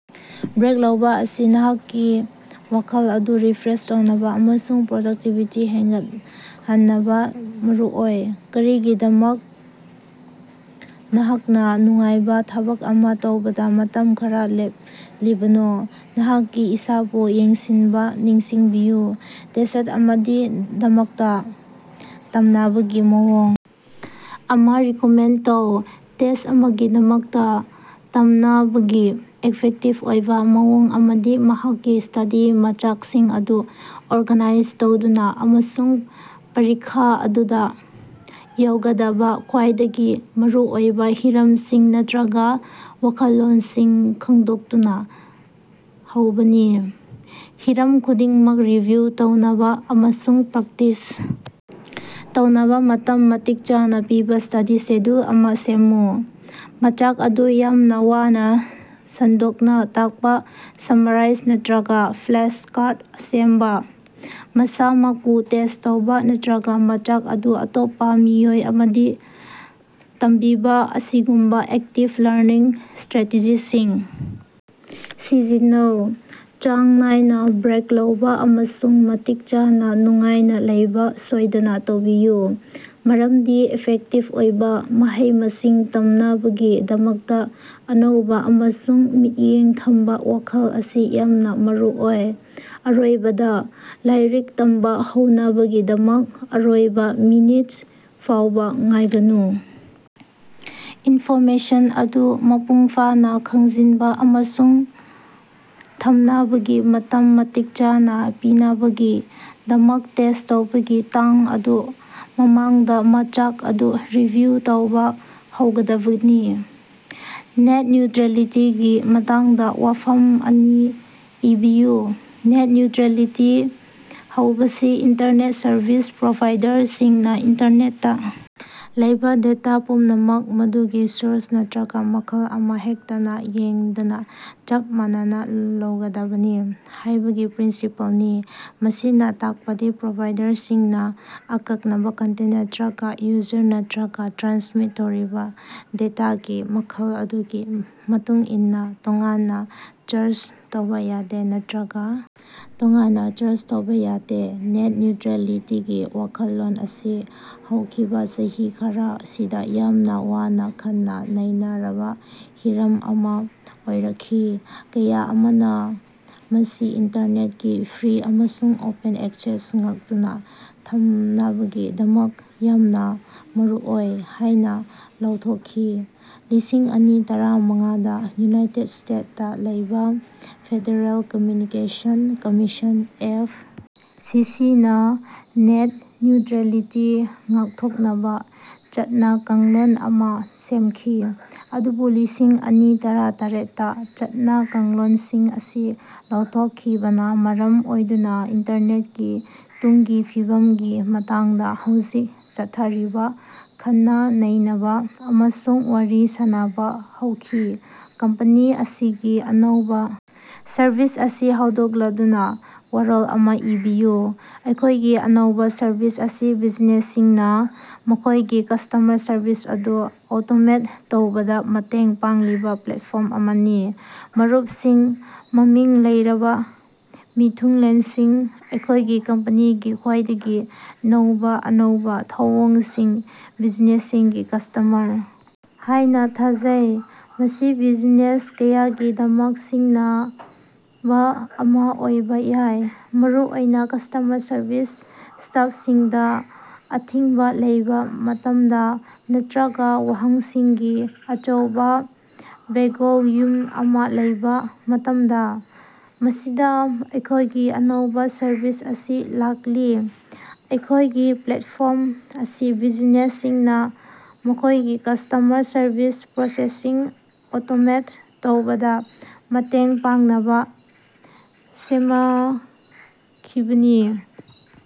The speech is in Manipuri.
ꯕ꯭ꯔꯦꯛ ꯂꯧꯕꯥ ꯑꯁꯤ ꯅꯍꯥꯛꯀꯤ ꯋꯥꯈꯜ ꯑꯗꯨ ꯔꯤꯐ꯭ꯔꯦꯁ ꯇꯧꯅꯕꯥ ꯑꯃꯁꯨꯡ ꯄ꯭ꯔꯗꯛꯇꯤꯕꯤꯇꯤ ꯍꯦꯟꯒꯠꯍꯟꯅꯕ ꯃꯔꯨꯑꯣꯏ꯫ ꯀꯔꯤꯒꯤꯗꯃꯛ ꯅꯍꯥꯛꯅ ꯅꯨꯡꯉꯥꯏꯕ ꯊꯕꯛ ꯑꯃ ꯇꯧꯕꯗ ꯃꯇꯝ ꯈꯔ ꯁꯤꯖꯤꯟꯅꯗ꯭ꯔꯤꯕꯅꯣ ꯅꯠꯇꯔꯒ ꯃꯇꯝ ꯈꯔ ꯂꯦꯞꯂꯤꯕꯅꯣ? ꯅꯍꯥꯛꯀꯤ ꯏꯁꯥꯕꯨ ꯌꯦꯡꯁꯤꯟꯕ ꯅꯤꯡꯁꯤꯡꯕꯤꯌꯨ! ꯇꯦꯁ꯭ꯠ ꯑꯃꯒꯤꯗꯃꯛꯇ ꯇꯝꯅꯕꯒꯤ ꯃꯑꯣꯡ ꯑꯃꯥ ꯔꯤꯀꯃꯦꯟꯗ ꯇꯧ꯫ ꯇꯦꯁ꯭ꯠ ꯑꯃꯒꯤꯗꯃꯛꯇ ꯇꯝꯅꯕꯒꯤ ꯏꯐꯦꯛꯇꯤꯚ ꯑꯣꯏꯕ ꯃꯑꯣꯡ ꯑꯃꯗꯤ ꯅꯍꯥꯛꯀꯤ ꯁ꯭ꯇꯗꯤ ꯃꯆꯥꯛꯁꯤꯡ ꯑꯗꯨ ꯑꯣꯔꯒꯥꯅꯥꯏꯖ ꯇꯧꯗꯨꯅ ꯑꯃꯁꯨꯡ ꯄꯔꯤꯈꯥ ꯑꯗꯨꯗ ꯌꯥꯎꯒꯗꯕ ꯈ꯭ꯋꯥꯏꯗꯒꯤ ꯃꯔꯨꯑꯣꯏꯕ ꯍꯤꯔꯝꯁꯤꯡ ꯅꯠꯇꯔꯒ ꯋꯥꯈꯜꯂꯣꯟꯁꯤꯡ ꯈꯪꯗꯣꯛꯇꯨꯅ ꯍꯧꯕꯅꯤ꯫ ꯍꯤꯔꯝ ꯈꯨꯗꯤꯡꯃꯛ ꯔꯤꯚꯤꯌꯨ ꯇꯧꯅꯕ ꯑꯃꯁꯨꯡ ꯄ꯭ꯔꯦꯛꯇꯤꯁ ꯇꯧꯅꯕ ꯃꯇꯝ ꯃꯇꯤꯛ ꯆꯥꯅ ꯄꯤꯕ ꯁ꯭ꯇꯗꯤ ꯁꯦꯗ꯭ꯌꯨꯜ ꯑꯃ ꯁꯦꯝꯃꯨ꯫ ꯃꯆꯥꯛ ꯑꯗꯨ ꯌꯥꯝꯅ ꯋꯥꯅ ꯁꯟꯗꯣꯛꯅ ꯇꯥꯛꯄ, ꯁꯝꯃꯔꯥ꯭ꯏꯖ ꯅꯠꯇꯔꯒ ꯐ꯭ꯂꯥꯁꯀꯥ꯭ꯔꯗ ꯁꯦꯝꯕ, ꯃꯁꯥꯃꯛꯄꯨ ꯇꯦꯁ꯭ꯠ ꯇꯧꯕꯥ, ꯅꯠꯇꯔꯒ ꯃꯆꯥꯛ ꯑꯗꯨ ꯑꯇꯣꯞꯄ ꯃꯤꯑꯣꯏ ꯑꯃꯗꯤ ꯇꯝꯕꯤꯕ ꯑꯁꯤꯒꯨꯝꯕ ꯑꯦꯛꯇꯤꯚ ꯂꯔꯅꯤꯡ ꯁ꯭ꯇꯔꯥꯇꯦꯖꯤꯁꯤꯡ ꯁꯤꯖꯤꯟꯅꯧ꯫ ꯆꯥꯡ ꯅꯥꯏꯅ ꯕ꯭ꯔꯦꯛ ꯂꯧꯕ ꯑꯃꯁꯨꯡ ꯃꯇꯤꯛ ꯆꯥꯅꯥ ꯅꯨꯡꯉꯥꯏꯅ ꯂꯩꯕ ꯁꯣꯏꯗꯅ ꯇꯧꯕꯤꯌꯨ, ꯃꯔꯝꯗꯤ ꯏꯐꯦꯛꯇꯤꯚ ꯑꯣꯏꯕ ꯃꯍꯩ-ꯃꯁꯤꯡ ꯇꯝꯅꯕꯒꯤꯗꯃꯛꯇ ꯑꯅꯧꯕ ꯑꯃꯁꯨꯡ ꯃꯤꯠꯌꯦꯡ ꯊꯝꯕ ꯋꯥꯈꯜ ꯑꯁꯤ ꯌꯥꯝꯅ ꯃꯔꯨꯑꯣꯏ꯫ ꯑꯔꯣꯏꯕꯗ, ꯂꯥꯏꯔꯤꯛ ꯇꯝꯕ ꯍꯧꯅꯕꯒꯤꯗꯃꯛ ꯑꯔꯣꯏꯕ ꯃꯤꯅꯤꯠ ꯐꯥꯎꯕꯥ ꯉꯥꯏꯒꯅꯨ; ꯏꯟꯐꯣꯔꯃꯦꯁꯟ ꯑꯗꯨ ꯃꯄꯨꯡꯐꯥꯅ ꯈꯪꯖꯤꯟꯕ ꯑꯃꯁꯨꯡ ꯊꯝꯅꯕꯒꯤ ꯃꯇꯝ ꯃꯇꯤꯛ ꯆꯥꯅ ꯄꯤꯅꯕꯒꯤꯗꯃꯛ ꯇꯦꯁ꯭ꯠ ꯇꯧꯕꯒꯤ ꯇꯥꯡ ꯑꯗꯨ ꯃꯃꯥꯡꯗ ꯃꯆꯥꯛ ꯑꯗꯨ ꯔꯤꯚꯤꯌꯨ ꯇꯧꯕ ꯍꯧꯒꯗꯕꯅꯤ꯫ ꯅꯦꯠ ꯅ꯭ꯌꯨꯇꯔꯤꯑꯦꯂꯤꯇꯤꯒꯤ ꯃꯇꯥꯡꯗ ꯋꯥꯐꯝ ꯑꯅꯤ ꯏꯕꯤꯌꯨ꯫ ꯅꯦꯠ ꯅ꯭ꯌꯨꯇꯔꯤꯑꯦꯂꯤꯇꯤ ꯍꯧꯕꯁꯤ ꯏꯟꯇꯔꯅꯦꯠ ꯁꯔꯚꯤꯁ ꯄ꯭ꯔꯣꯚꯥꯏꯗꯔꯁꯤꯡꯅ ꯏꯟꯇꯔꯅꯦꯠꯇ ꯂꯩꯕ ꯗꯦꯇꯥ ꯄꯨꯝꯅꯃꯛ, ꯃꯗꯨꯒꯤ ꯁꯣꯔꯁ ꯅꯠꯇꯔꯒ ꯃꯈꯜ ꯑꯃꯍꯦꯛꯇꯅ ꯌꯦꯡꯗꯅ ꯆꯞ ꯃꯥꯟꯅꯅ ꯂꯧꯒꯗꯕꯅꯤ ꯍꯥꯏꯕꯒꯤ ꯄ꯭ꯔꯤꯟꯁꯤꯄꯜꯅꯤ꯫ ꯃꯁꯤꯅ ꯇꯥꯛꯄꯗꯤ ꯄ꯭ꯔꯣꯚꯥꯏꯗꯔꯁꯤꯡꯅ ꯑꯀꯛꯅꯕ ꯀꯟꯇꯦꯟꯠ ꯅꯠꯇꯔꯒꯥ ꯌꯨꯖꯔ ꯅꯠꯇꯔꯒ ꯇ꯭ꯔꯥꯟꯁꯃꯤꯠ ꯇꯧꯔꯤꯕ ꯗꯦꯇꯥꯒꯤ ꯃꯈꯜ ꯑꯗꯨꯒꯤ ꯃꯇꯨꯡꯏꯟꯅ ꯇꯣꯉꯥꯟꯅ ꯆꯥ꯭ꯔꯖ ꯇꯧꯕ ꯌꯥꯗꯦ ꯅꯠꯇꯔꯒ ꯇꯣꯉꯥꯟꯅ ꯆꯥ꯭ꯔꯖ ꯇꯧꯕꯥ ꯌꯥꯗꯦ꯫ ꯅꯦꯠ ꯅ꯭ꯌꯨꯇꯔꯤꯑꯦꯂꯤꯇꯤꯒꯤ ꯋꯥꯈꯜꯂꯣꯟ ꯑꯁꯤ ꯍꯧꯈꯤꯕ ꯆꯍꯤ ꯈꯔꯁꯤꯗ ꯌꯥꯝꯅ ꯋꯥꯅꯥ ꯈꯟꯅ-ꯅꯩꯅꯔꯕ ꯍꯤꯔꯝ ꯑꯃ ꯑꯣꯏꯔꯛꯈꯤ, ꯀꯌꯥ ꯑꯃꯅ ꯃꯁꯤ ꯏꯟꯇꯔꯅꯦꯠꯀꯤ ꯐ꯭ꯔꯤ ꯑꯃꯁꯨꯡ ꯑꯣꯄꯟ ꯑꯦꯛꯁꯦꯁ ꯉꯥꯛꯇꯨꯅ ꯊꯝꯅꯕꯒꯤꯗꯃꯛ ꯌꯥꯝꯅ ꯃꯔꯨꯑꯣꯏ ꯍꯥꯏꯅ ꯂꯥꯎꯊꯣꯛꯈꯤ꯫ ꯂꯤꯁꯤꯡ ꯑꯅꯤ ꯇꯔꯥ ꯃꯉꯥꯗꯥ ꯌꯨꯅꯥꯏꯇꯦꯠ ꯁ꯭ꯇꯦꯠꯁꯇ ꯂꯩꯕꯥ ꯐꯦꯗꯔꯦꯜ ꯀꯝꯃ꯭ꯌꯨꯅꯤꯀꯦꯁꯟ ꯀꯝꯃꯤꯁꯟ (ꯑꯦꯐ. ꯁꯤ. ꯁꯤ.)ꯅꯥ ꯅꯦꯠ ꯅ꯭ꯌꯨꯇꯔꯤꯑꯦꯂꯤꯇꯤ ꯉꯥꯛꯊꯣꯛꯅꯕ ꯆꯠꯅ-ꯀꯥꯡꯂꯣꯟ ꯑꯃ ꯁꯦꯝꯈꯤ, ꯑꯗꯨꯕꯨ ꯂꯤꯁꯤꯡ ꯑꯅꯤ ꯇꯔꯥ ꯇꯔꯦꯠ ꯇ ꯆꯠꯅ-ꯀꯥꯡꯂꯣꯟꯁꯤꯡ ꯑꯁꯤ ꯂꯧꯊꯣꯛꯈꯤꯕꯅ ꯃꯔꯝ ꯑꯣꯏꯗꯨꯅ ꯏꯟꯇꯔꯅꯦꯠꯀꯤ ꯇꯨꯡꯒꯤ ꯐꯤꯕꯝꯒꯤ ꯃꯇꯥꯡꯗ ꯍꯧꯖꯤꯛ ꯆꯠꯊꯔꯤꯕ ꯈꯟꯅ-ꯅꯩꯅꯕ ꯑꯃꯁꯨꯡ ꯋꯥꯔꯤ ꯁꯥꯅꯕ ꯍꯧꯈꯤ꯫ ꯀꯝꯄꯦꯅꯤ ꯑꯁꯤꯒꯤ ꯑꯅꯧꯕ ꯁꯔꯕꯤꯁ ꯑꯁꯤ ꯍꯧꯗꯣꯛꯂꯗꯨꯅ ꯋꯥꯔꯣꯜ ꯑꯃꯥ ꯏꯕꯤꯌꯨ꯫ ꯑꯩꯈꯣꯏꯒꯤ ꯑꯅꯧꯕ ꯁꯔꯕꯤꯁ ꯑꯁꯤ ꯕꯤꯖꯤꯅꯦꯁꯁꯤꯡꯅ ꯃꯈꯣꯏꯒꯤ ꯀꯁ꯭ꯇꯃꯔ ꯁꯔꯕꯤꯁ ꯑꯗꯨ ꯑꯣꯇꯣꯃꯦꯠ ꯇꯧꯕꯗ ꯃꯇꯦꯡ ꯄꯥꯡꯂꯤꯕ ꯄ꯭ꯂꯦꯠꯐ꯭ꯣꯔꯝ ꯑꯃꯅꯤ꯫ ꯃꯔꯨꯞꯁꯤꯡ, ꯃꯃꯤꯡ ꯂꯩꯔꯕ ꯃꯤꯊꯨꯡꯂꯦꯟꯁꯤꯡ, ꯑꯩꯈꯣꯏꯒꯤ ꯀꯝꯄꯦꯅꯤꯒꯤ ꯈ꯭ꯋꯥꯏꯗꯒꯤ ꯅꯧꯕ ꯑꯅꯧꯕ ꯊꯧꯑꯣꯡꯁꯤꯡ- ꯕꯤꯖꯤꯅꯦꯁꯁꯤꯡꯒꯤ ꯀ꯭ꯁꯇꯃꯔ ꯍꯥꯏꯅ ꯊꯥꯖꯩ꯫ ꯃꯁꯤ ꯕꯤꯖꯤꯅꯦꯁ ꯀꯌꯥꯒꯤꯗꯃꯛ ꯁꯤꯡꯅꯕ ꯑꯃ ꯑꯣꯏꯕ ꯌꯥꯏ, ꯃꯔꯨꯑꯣꯏꯅ ꯀ꯭ꯁꯇꯃꯔ ꯁꯔꯕꯤꯁ ꯁ꯭ꯇꯥꯐꯁꯤꯡꯗ ꯑꯊꯤꯡꯕ ꯂꯩꯕ ꯃꯇꯝꯗ ꯅꯠꯇꯔꯒ ꯋꯥꯍꯪꯁꯤꯡꯒꯤ ꯑꯆꯧꯕ ꯚꯣꯜꯌꯨꯝ ꯑꯃ ꯂꯩꯕ ꯃꯇꯝꯗ꯫ ꯃꯁꯤꯗꯥ ꯑꯩꯈꯣꯏꯒꯤ ꯑꯅꯧꯕ ꯁꯔꯕꯤꯁ ꯑꯁꯤ ꯂꯥꯛꯂꯤ, ꯑꯩꯈꯣꯏꯒꯤ ꯄ꯭ꯂꯦꯠꯐ꯭ꯣꯔꯝ ꯑꯁꯤ ꯕꯤꯖꯤꯅꯦꯁꯁꯤꯡꯅ ꯃꯈꯣꯏꯒꯤ ꯀ꯭ꯁꯇꯃꯔ ꯁꯔꯕꯤꯁ ꯄ꯭ꯔꯣꯁꯦꯁꯁꯤꯡ ꯑꯣꯇꯣꯃꯦꯠ ꯇꯧꯕꯗ ꯃꯇꯦꯡ ꯄꯥꯡꯅꯕ ꯁꯦꯃꯈꯤꯕꯅꯤ꯫